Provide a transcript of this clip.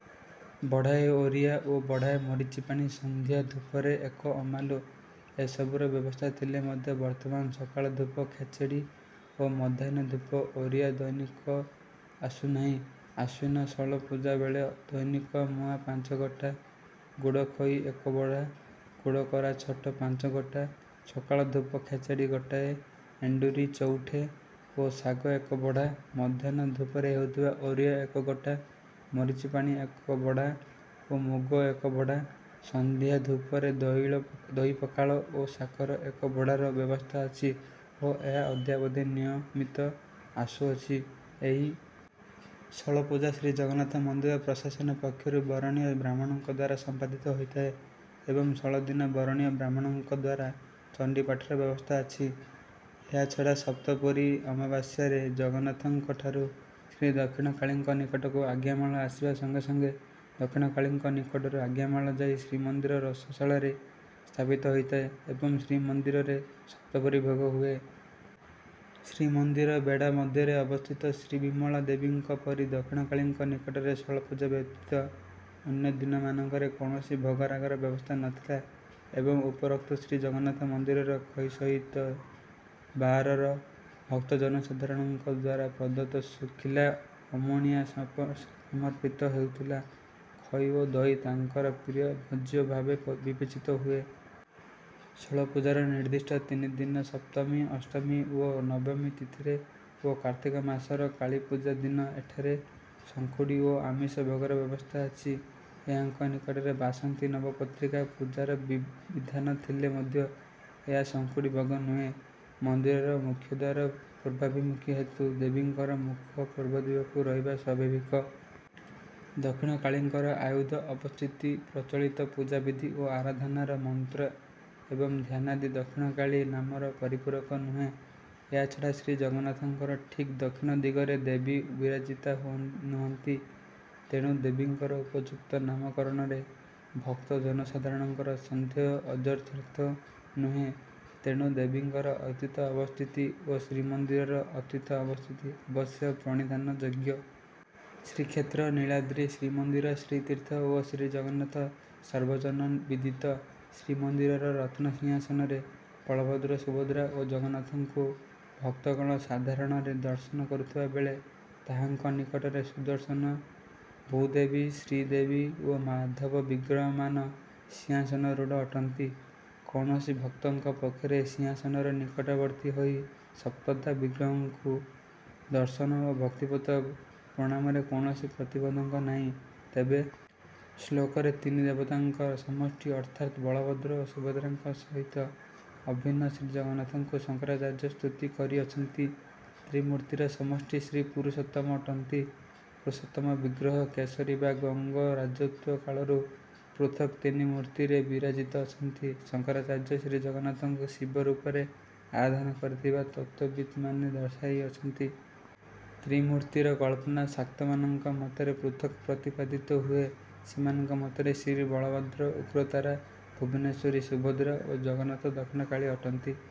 ବଢ଼ାଏ ଓରିଆ ଓ ବଢ଼ାଏ ମରିଚିପାଣି, ସନ୍ଧ୍ୟା ଧୂପରେ ଏକ ଅମାଲୁ। ଏସବୁର ବ୍ୟବସ୍ଥା ଥିଲେ ମଧ୍ୟ ବର୍ତ୍ତମାନ ସକାଳ ଧୂପ ଖେଚେଡ଼ି ଓ ମଧ୍ୟାହ୍ନ ଧୂପ ଓରିଆ ଦୈନିକ ଆସୁନାହିଁ। ଆଶ୍ୱିନ ଷୋଳପୂଜା ବେଳେ ଦୈନିକ ମୁଆଁ ପାଞ୍ଚଗୋଟା, ଗୁଡ଼ଖଇ ଏକ ବଢ଼ା, ଗୁଡ଼କୋରା ଛୋଟ ପାଞ୍ଚଗୋଟା, ସକାଳ ଧୂପ ଖେଚେଡ଼ି ଗୋଟାଏ, ଏଣ୍ଡୁରି ଚଉଠେ ଓ ଶାଗ ଏକ ବଢ଼ା; ମଧ୍ୟାହ୍ନ ଧୂପରେ ହେଉଥିବା ଓରିଆ ଏକ ଗୋଟା, ମରିଚିପାଣି ଏକ ବଢ଼ା ଓ ମୁଗ ଏକ ବଢ଼ା; ସନ୍ଧ୍ୟା ଧୂପରେ ଦହୀଳ ଦହିପଖାଳ ଓ ଶାକର ଏକ ବଢ଼ାର ବ୍ୟବସ୍ଥା ଅଛି ଓ ଏହା ଅଦ୍ୟାବଧି ନିୟମିତ ଆସୁଅଛି। ଏହି ଷୋଳପୂଜା ଶ୍ରୀଜଗନ୍ନାଥ ମନ୍ଦିର ପ୍ରଶାସନ ପକ୍ଷରୁ ବରଣୀୟ ବ୍ରାହ୍ମଣଙ୍କ ଦ୍ୱାରା ସମ୍ପାଦିତ ହୋଇଥାଏ ଏବଂ ଷୋଳଦିନ ବରଣୀୟ ବ୍ରାହ୍ମଣଙ୍କ ଦ୍ୱାରା ଚଣ୍ଡୀପାଠର ବ୍ୟବସ୍ଥା ଅଛି। ଏହାଛଡ଼ା ସପ୍ତପୁରୀ ଅମାବାସ୍ୟାରେ ଜଗନ୍ନାଥଙ୍କ ଠାରୁ ଶ୍ରୀଦକ୍ଷିଣକାଳୀଙ୍କ ନିକଟକୁ ଆଜ୍ଞାମାଳ ଆସିବା ସଙ୍ଗେ ସଙ୍ଗେ ଦକ୍ଷିଣକାଳୀଙ୍କ ନିକଟରୁ ଆଜ୍ଞାମାଳ ଯାଇ ଶ୍ରୀମନ୍ଦିର ରୋଷଶାଳାରେ ସ୍ଥାପିତ ହୋଇଥାଏ ଏବଂ ଶ୍ରୀମନ୍ଦିରରେ ସପ୍ତପୁରୀ ଭୋଗ ହୁଏ। ଶ୍ରୀମନ୍ଦିର ବେଢ଼ା ମଧ୍ୟରେ ଅବସ୍ଥିତ ଶ୍ରୀବିମଳା ଦେବୀଙ୍କ ପରି ଦକ୍ଷିଣକାଳୀଙ୍କ ନିକଟରେ ଷୋଳପୂଜା ବ୍ୟତୀତ ଅନ୍ୟ ଦିନମାନଙ୍କରେ କୌଣସି ଭୋଗରାଗର ବ୍ୟବସ୍ଥା ନଥିଲା ଏବଂ ଉପରୋକ୍ତ ଶ୍ରୀଜଗନ୍ନାଥ ମନ୍ଦିରର ଖଇ ସହିତ ବାହାରର ଭକ୍ତ ଜନସାଧାରଣଙ୍କ ଦ୍ୱାରା ପ୍ରଦତ୍ତ ଶୁଖିଲା ଅମୁଣିଆ ସମର୍ପିତ ହେଉଥିଲା। ଖଇ ଓ ଦହି ତାଙ୍କର ପ୍ରିୟ ଭୋଜ୍ୟ ଭାବେ ବିବେଚିତ ହୁଏ। ଷୋଳପୂଜାର ନିର୍ଦ୍ଦିଷ୍ଟ ତିନିଦିନ ସପ୍ତମୀ, ଅଷ୍ଟମୀ ଓ ନବମୀ ତିଥିରେ ଓ କାର୍ତ୍ତିକ ମାସର କାଳୀପୂଜା ଦିନ ଏଠାରେ ସଂଖୁଡ଼ି ଓ ଆମିଷ ଭୋଗର ବ୍ୟବସ୍ଥା ଅଛି। ଏହାଙ୍କ ନିକଟରେ ବାସନ୍ତୀ ନବପତ୍ରିକା ପୂଜାର ବିଧାନ ଥିଲେ ମଧ୍ୟ ଏହା ସଂଖୁଡ଼ି ଭୋଗ ନୁହେଁ। ମନ୍ଦିରର ମୁଖ୍ୟଦ୍ୱାର ପୂର୍ବାଭିମୁଖୀ ହେତୁ ଦେବୀଙ୍କର ମୁଖ ପୂର୍ବ ଦିଗକୁ ରହିବା ସ୍ୱାଭାବିକ। ଦକ୍ଷିଣକାଳୀଙ୍କର ଆୟୁଧ, ଅବସ୍ଥିତି, ପ୍ରଚଳିତ ପୂଜାବିଧି ଓ ଆରାଧନାର ମନ୍ତ୍ର ଏବଂ ଧ୍ୟାନାଦି ଦକ୍ଷିଣକାଳୀ ନାମର ପରିପୂରକ ନୁହେଁ। ଏହାଛଡ଼ା ଶ୍ରୀ ଜଗନ୍ନାଥଙ୍କର ଠିକ୍ ଦକ୍ଷିଣ ଦିଗରେ ଦେବୀ ବିରାଜିତା ହୁଅ ନୁହଁନ୍ତି। ତେଣୁ ଦେବୀଙ୍କର ଉପଯୁକ୍ତ ନାମକରଣରେ ଭକ୍ତ ଜନସାଧାରଣଙ୍କର ସନ୍ଦେହ ଅଯଥାର୍ଥ ନୁହେଁ। ତେଣୁ ଦେବୀଙ୍କର ଅତୀତ ଅବସ୍ଥିତି ଓ ଶ୍ରୀମନ୍ଦିରର ଅତୀତ ଅବସ୍ଥିତି ଅବଶ୍ୟ ପ୍ରଣିଧାନଯୋଗ୍ୟ। ଶ୍ରୀକ୍ଷେତ୍ର, ନୀଳାଦ୍ରି, ଶ୍ରୀମନ୍ଦିର, ଶ୍ରୀତୀର୍ଥ ଓ ଶ୍ରୀଜଗନ୍ନାଥ ସର୍ବଜନବିଦିତ। ଶ୍ରୀମନ୍ଦିରର ରତ୍ନସିଂହାସନରେ ବଳଭଦ୍ର, ସୁଭଦ୍ରା ଓ ଜଗନ୍ନାଥଙ୍କୁ ଭକ୍ତଗଣ ସାଧାରଣରେ ଦର୍ଶନ କରୁଥିବା ବେଳେ ତାହାଙ୍କ ନିକଟରେ ସୁଦର୍ଶନ, ଭୂଦେବୀ, ଶ୍ରୀଦେବୀ ଓ ମାଧବ ବିଗ୍ରହମାନ ସିଂହାସନାରୂଢ଼ ଅଟନ୍ତି। କୌଣସି ଭକ୍ତଙ୍କ ପକ୍ଷରେ ସିଂହାସନର ନିକଟବର୍ତ୍ତୀ ହୋଇ ସପ୍ତଧା ବିଗ୍ରହଙ୍କୁ ଦର୍ଶନ ଓ ଭକ୍ତିପୂତ ପ୍ରଣାମରେ କୌଣସି ପ୍ରତିବନ୍ଧକ ନାହିଁ। ତେବେ ଶ୍ଲୋକରେ ତିନି ଦେବତାଙ୍କର ସମଷ୍ଟି ଅର୍ଥାତ୍ ବଳଭଦ୍ର ଓ ସୁଭଦ୍ରାଙ୍କ ସହିତ ଅଭିନ୍ନ ଶ୍ରୀଜଗନ୍ନାଥଙ୍କୁ ଶଙ୍କରାଚାର୍ଯ୍ୟ ସ୍ତୁତି କରିଅଛନ୍ତି। ତ୍ରିମୂର୍ତ୍ତିର ସମଷ୍ଟି ଶ୍ରୀପୁରୁଷୋତ୍ତମ ଅଟନ୍ତି। ପୁରୁଷୋତ୍ତମ ବିଗ୍ରହ କେଶରୀ ବା ଗଙ୍ଗ ରାଜତ୍ୱ କାଳରୁ ପୃଥକ୍ ତିନି ମୂର୍ତ୍ତିରେ ବିରାଜିତ ଅଛନ୍ତି। ଶଙ୍କରାଚାର୍ଯ୍ୟ ଶ୍ରୀଜଗନ୍ନାଥଙ୍କୁ ଶିବ ରୂପରେ ଆରାଧନା କରିଥିବା ତତ୍ତ୍ୱବିତ୍‌ମାନେ ଦର୍ଶାଇଅଛନ୍ତି। ତ୍ରିମୂର୍ତ୍ତିର କଳ୍ପନା ଶାକ୍ତମାନଙ୍କ ମତରେ ପୃଥକ୍ ପ୍ରତିପାଦିତ ହୁଏ। ସେମାନଙ୍କ ମତରେ ଶ୍ରୀବଳଭଦ୍ର ଉଗ୍ରତାରା, ଭୁବନେଶ୍ୱରୀ ସୁଭଦ୍ରା ଓ ଜଗନ୍ନାଥ ଦକ୍ଷିଣକାଳୀ ଅଟନ୍ତି।